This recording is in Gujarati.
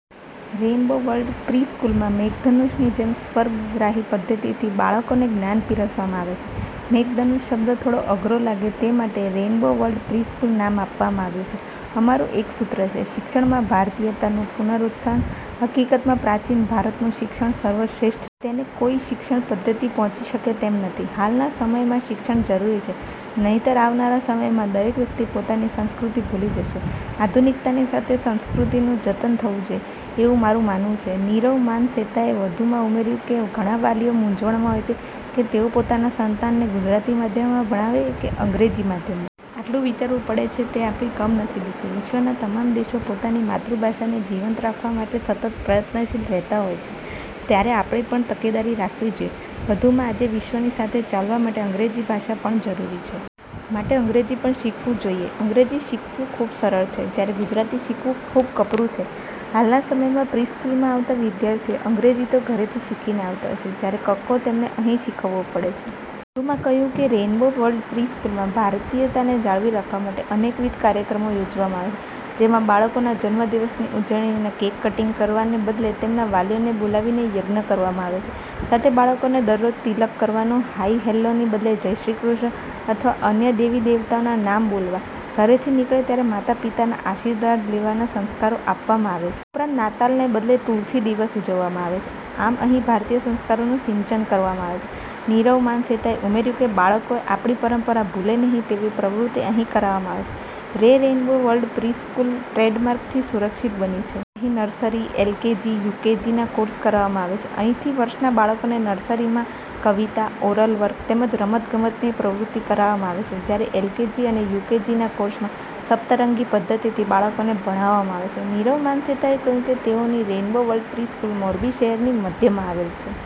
રેઈન્બો વર્લ્ડ પ્રિ-સ્કૂલમાં મેઘધનુષની જેમ સર્વગ્રાહી પદ્ધતિથી બાળકોને જ્ઞાન પીરસવામાં આવે છે. મેઘધનુષ શબ્દ થોડો અઘરો લાગે તે માટે રેઈન્બો વર્લ્ડ પ્રિ-સ્કૂલ નામ આપવામાં આવ્યું છે. અમારું એકસૂત્ર છે. શિક્ષણમાં ભારતીયતાનું પુનરુત્થાન. હકીકતમાં પ્રાચીન ભારતનું શિક્ષણ સર્વ શ્રેષ્ઠ છે. તેને કોઈ શિક્ષણ પદ્ધતિ પહોંચી શકે તેમ નથી. હાલના સમયમાંશિક્ષણ જરૂરી છે. નહિતર આવનાર સમયમાં દરેક વ્યક્તિ પોતાની સંસ્કૃતિ ભૂલી જશે. આધુનિકતાની સાથે સંસ્કૃતિનું જતન થવુંજોઈએ. એવુ મારું માનવું છે. નીરવ માનસેતાએ વધુમાં ઉમેર્યું કે ઘણા વાલીઓ મુંઝવણમા હોય છે કે તેઓ પોતાના સંતાનને ગુજરાતી માધ્યમમા ભણાવે કે અંગ્રેજી માધ્યમમાં. આટલું વિચારવું પડે છે તે આપણી કમનસીબી છે. વિશ્વના તમામ દેશો પોતાની માતૃભાષાને જીવંત રાખવા માટે સતત પ્રયત્નશીલ રહેતા હોય છે. ત્યારે આપણે પણતકેદારી રાખવી જોઈએ. વધુમાં આજે વિશ્વની સાથે ચાલવા માટે અંગ્રેજી ભાષા પણ જરૂરી છે. માટે અંગ્રેજી પણ શીખવુંજોઈએ. અંગ્રેજી શીખવી ખૂબ સરળ છે. જ્યારે ગુજરાતી શીખવું ખૂબ કપરું છે. હાલના સમયમાં પ્રિ સ્કૂલમા આવતા વિદ્યાર્થીઓ અંગ્રેજી તો ઘરેથીશીખીને આવતા હોય છે. જ્યારે કક્કો તેમને અહીં શીખવવો પડે છે. વધુમાં કહ્યું કે રેઈન્બો વર્લ્ડ પ્રિ-સ્કૂલમાં ભારતીયતાને જાળવી રાખવા માટે અનેકવિધ કાર્યક્રમો યોજવામાં આવે છે. જેમાં બાળકોના જન્મદિવસની ઉજવણીમા કેક કટીંગ કરવાને બદલે તેમના વાલીને બોલાવીને યજ્ઞ કરવામાં આવે છે. સાથે બાળકોને દરરોજ તિલક કરવાનું, હાઈ- હેલ્લોની બદલે જય શ્રી કૃષ્ણ અથવા અન્ય દેવી દેવતાના નામ બોલવા, ઘરેથી નીકળે ત્યારે માતા પિતાના આશીર્વાદ લેવાના સંસ્કારો આપવામાં આવે છે. ઉપરાંત નાતાલને બદલે તુલસી દિવસ ઉજવવામાં આવે છે. આમ અહીં ભારતીય સંસ્કારોનું સીંચન કરવામાં આવે છે. નીરવ માનસેતાએ ઉમેર્યું કે બાળકો આપણી પરંપરાને ભૂલે નહિ તેવી પ્રવૃત્તિ અહીં કરાવવામાં આવે છે. રેરેઈન્બો વર્લ્ડ પ્રિ-સ્કૂલ ટ્રેડમાર્કથી સુરક્ષિત બની છે. અહીં નર્સરી, એલકેજી, યુકેજીના કોર્ષ કરાવવામાં આવે છે. અહીંથીવર્ષના બાળકોને નર્સરીમાં કવિતા, ઓરલ વર્ક તેમજ રમત ગમતની પ્રવૃત્તિ કરાવવામાં આવે છે. જ્યારે એલકેજી અને યુકેજીના કોર્ષમાં સપ્તરંગી પદ્ધતિથી બાળકોને ભણાવવામાં આવે છે. નીરવ માનસેતાએ કહ્યું કે તેઓની રેઈન્બો વર્લ્ડ પ્રિ-સ્કૂલ મોરબી શહેરની મધ્યમાં આવેલ છે.